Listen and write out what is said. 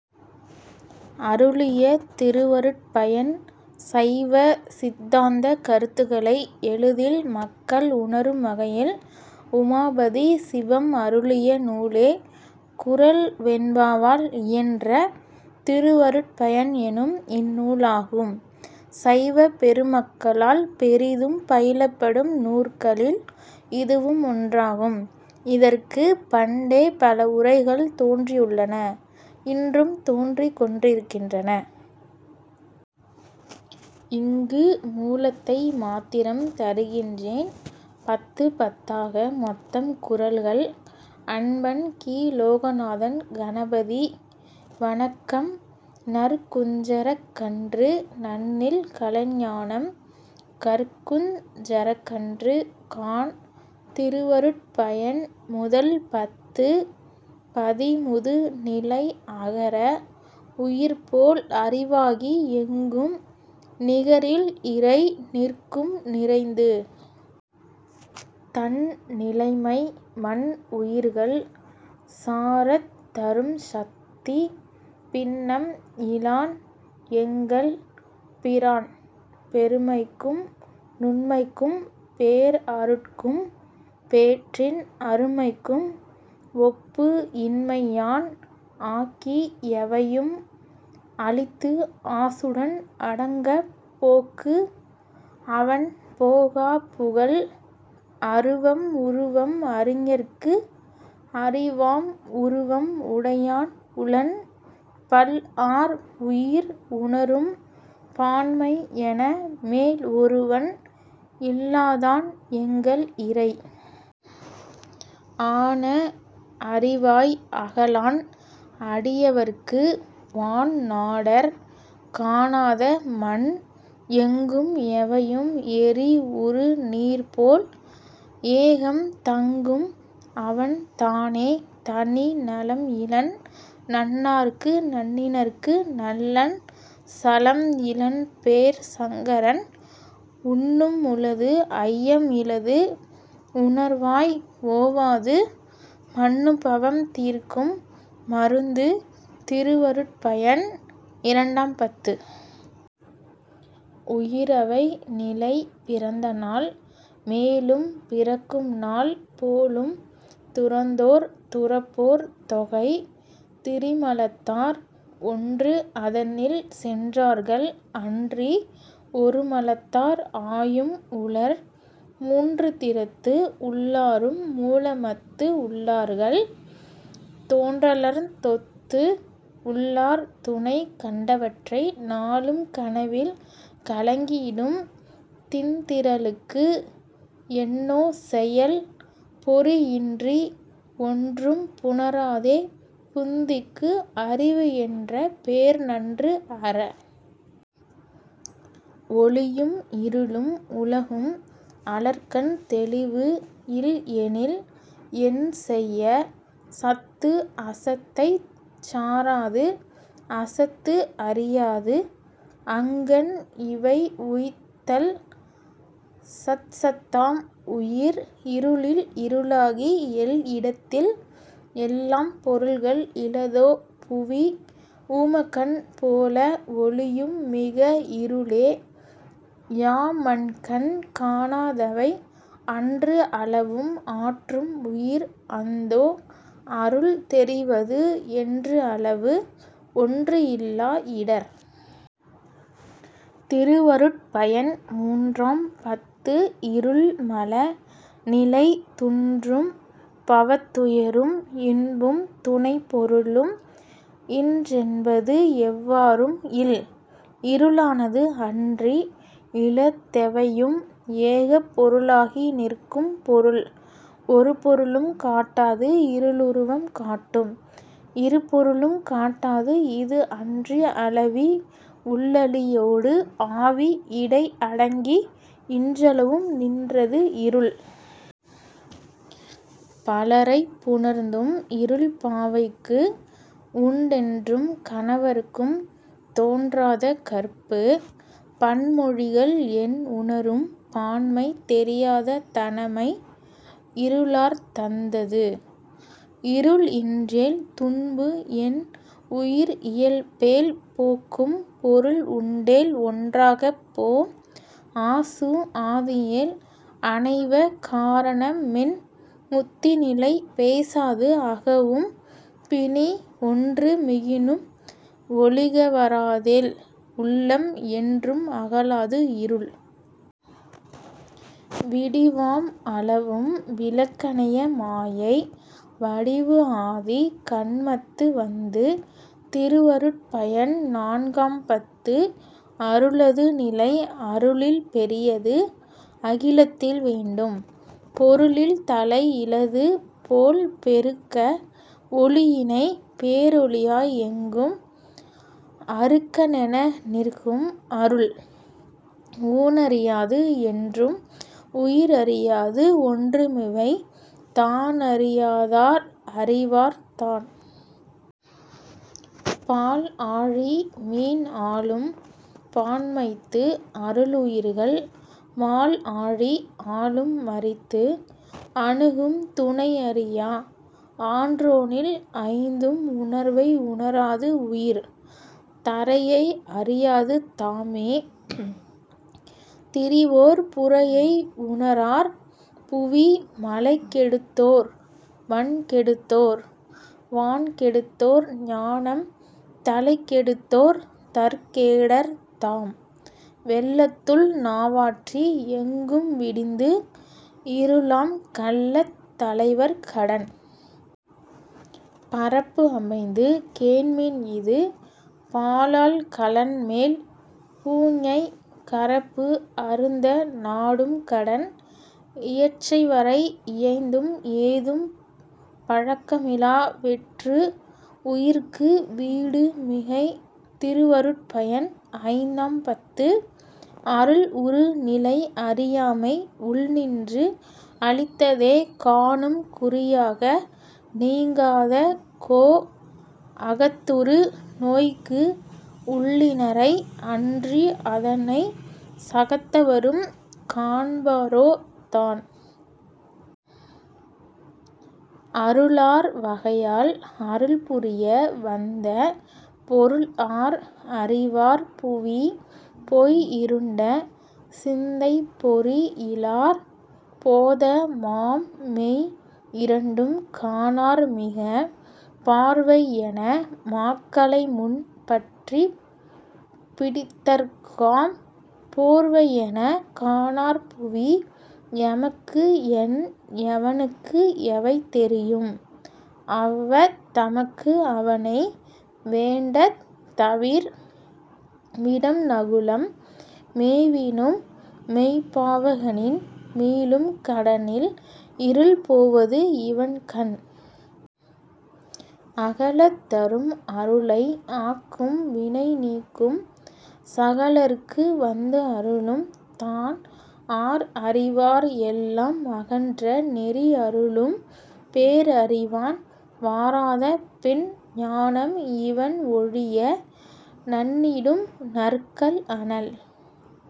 அருளிய "திருவருட்பயன்" சைவ சித்தாந்தக் கருத்துக்களை எளிதில் மக்கள் உணரும் வகையில் உமாபதி சிவம் அருளிய நூலே குறள் வெண்பாவால் இயன்ற "திருவருட்பயன்" எனும் இந்நூலாகும். சைவ பெருமக்களால் பெரிதும் பயிலப்படும் நூற்களில் இதுவும் ஒன்றாகும். இதற்கு பண்டே பல உரைகள் தோன்றியுள்ளன, இன்றும் தோன்றிக் கொண்டிருகின்றன. இங்கு மூலத்தை மாத்திரம் தருகின்றேன். பத்துப் பத்தாக மொத்தம் குறள்கள். அன்பன் கி. லோகநாதன் கணபதி வணக்கம் நற்குஞ்சரக் கன்று நண்ணில் கலைஞானம் கற்குஞ் சரக்கன்று காண். திருவருட்பயன் முதல் பத்து. பதிமுது நிலை அகர உயிர்போல் அறிவாகி எங்கும் நிகரில் இறை நிற்கும் நிறைந்து. தன் நிலைமை மன் உயிர்கள் சாரத் தரும்சத்தி பின்னம் இலான் எங்கள் பிரான். மெருமைக்கும் நுண்மைக்கும் பேர்அருட்கும் பேற்றின் அருமைக்கும் ஒப்புஇன்மை யான். ஆக்கிஎவையும் அளித்து ஆசுடன் அடங்கப் போக்கு அவன் போகாப் புகல்.. அருவம் உருவம் அறிஞர்க்கு அறிவாம் உருவம் உடையான் உளன்.. பல்ஆர் உயிர் உணரும் பான்மைஎன மேல்ஒருவன் இல்லாதான் எங்கள் இறை.. ஆனா அறிவாய் அகலான் அடியவர்க்கு வான்நாடர் காணாத மன். எங்கும் எவையும் எரி உறு நீர்போல் ஏகம் தங்கும்அவன் தானே தனி.. நலம்இலன் நண்ணார்க்கு நண்ணினர்க்கு நல்லன் சலம்இலன் பேர் சங்கரன்.. உன்னும்உளது ஐயம்இலது உணர்வாய் ஓவாது மன்னுபவம் தீர்க்கும் மருந்து திருவருட்பயன் -இரண்டாம் பத்து. உயிரவை நிலை பிறந்தநாள் மேலும் பிறக்கும்நாள் போலும் துறந்தோர் துறப்போர் தொகை.. திரிமலத்தார் ஒன்றுஅதனில் சென்றார்கள் அன்றி ஒருமலத்தார் ஆயும் உளர். மூன்றுதிறத்து உள்ளாரும் மூலமலத்து உள்ளார்கள் தோன்றலர்தொத்து உள்ளார் துணை. கண்டவற்றை நாளும் கனவில் கலங்கியிடும் திண்திறலுக்கு என்னோ செயல். பொறிஇன்றி ஒன்றும் புணராதே புந்திக்கு அறிவுஎன்ற பேர்நன்று அற. ஒளியும் இருளும் உலகும் அலர்கண் தெளிவு இல்எனில் என்செய. சத்துஅசத்தைச் சாராது அசத்துஅறியாது அங்கண்இவை உய்த்தல் சத்சத்தாம் உயிர். இருளில் இருளாகி எல்இடத்தில் எல்லாம் பொருள்கள் இலதோ புவி. ஊமக்கண் போல ஒளியும் மிக இருளே யாம்மன்கண் காணா தவை. அன்றுஅளவும் ஆற்றும் உயிர் அந்தோ அருள்தெரிவது என்றுஅளவு ஒன்றுஇல்லா இடர். திருவருட்பயன் மூன்றாம் பத்து. இருள்மல நிலை துன்றும் பவத்துயரும் இன்பும் துணைப்பொருளும் இன்றென்பது எவ்வாறும் இல். இருளானது அன்றி இலதெவையும் ஏகப் பொருளாகி நிற்கும் பொருள். ஒருபொருளும் காட்டாது இருளுருவம் காட்டும் இருபொருளும் காட்டாது இது. அன்றுஅளவி உள்ளளியோடு ஆவி இடைஅடங்கி இன்றளவும் நின்றது இருள். பலரைப் புணர்ந்தும் இருள்பாவைக்கு உண்டென்றும் கணவற்கும் தோன்றாத கற்பு. பன்மொழிகள் என்உணரும் பான்மை தெரியாத தனமை இருளார் தந்தது. இருள்இன்றேல் துன்புஎன் உயிர் இயல்பேல் போக்கும் பொருள் உண்டேல் ஒன்றாகப் போம். ஆசுஆதியேல் அணைவ காரணமென் முத்திநிலை பேசாது அகவும் பிணி. ஒன்று மிகினும் ஒளிகவராதேல் உள்ளம் என்றும் அகலாது இருள். விடிவாம் அளவும் விளக்கனைய மாயை வடிவுஆதி கன்மத்து வந்து. திருவருட்பயன் நான்காம் பத்து. அருளது நிலை அருளில் பெரியது அகிலத்தில் வேண்டும் பொருளில் தலைஇலது போல். பெருக்க ஒளியினை பேரொளியாய் எங்கும் அருக்கனென நிற்கும் அருள். ஊனறியாது என்றும் உயிர்அறியாது ஒன்றுமிவை தானறியாதார் அறிவார் தான். பால்ஆழி மீன்ஆளும் பான்மைத்து அருளுயிர்கள் மால்ஆழி ஆளும் மறித்து. அணுகும் துணைஅறியா ஆற்றோனில் ஐந்தும் உணர்வை உணராது உயிர். தரையை அறியாது தாமே திரிவோர் புரையை உணரார் புவி. மலைகெடுத்தோர் மண்கெடுத்தோர் வான்கெட்த்தோர் ஞானம் தலைகெடுத்தோர் தற்கேடர் தாம். வெள்ளத்துள் நாவாற்றி எங்கும்விடிந்து இருளாம் கள்ளத் தலைவர் கடன். பரப்புஅமைந்து கேண்மின்இது பாலல்கலன்மேல் பூஞை கரப்பு அருந்த நாடும் கடன். இற்றைவரை இயைந்தும் ஏதும் பழக்கமிலா வெற்று உயிர்க்கு வீடு மிகை. திருவருட்பயன் -ஐந்தாம் பத்து. அருள் உரு நிலை அறியாமை உள்நின்று அளித்ததே காணும் குறியாக நீங்காத கோ. அகத்துறு நோய்க்கு உள்ளினரை அன்றிஅதனை சகத்தவரும் காண்பரோ தான். அருளா வகையால் அருள்புரிய வந்த பொருள்ஆர் அறிவார் புவி. பொய்இருண்ட சிந்தைப் பொறி இலார் போதமாம் மெய்இரண்டும் காணார் மிக. பார்வைஎன மாக்களைமுன் பற்றிப் பிடித்தற்காம் போர்வைஎனக் காணார் புவி. எமக்குஎன் எவனுக்கு எவை தெரியும் அவ்வத் தமக்குஅவனை வேண்டத் தவிர். விடம்நகுலம் மேவினும் மெய்ப்பாவகனின் மீளும் கடனில்இருள் போவதுஇவன் கண். அகலத் தரும் அருளை ஆக்கும் வினைநீக்கும் சகலர்க்கு வந்துஅருளும் தான். ஆர்அறிவார் எல்லாம் அகன்ற நெறிஅருளும் பேர்அறிவான் வாராத பின். ஞானம் இவன்ஒழிய நண்ணியிடும் நற்கல்அனல்।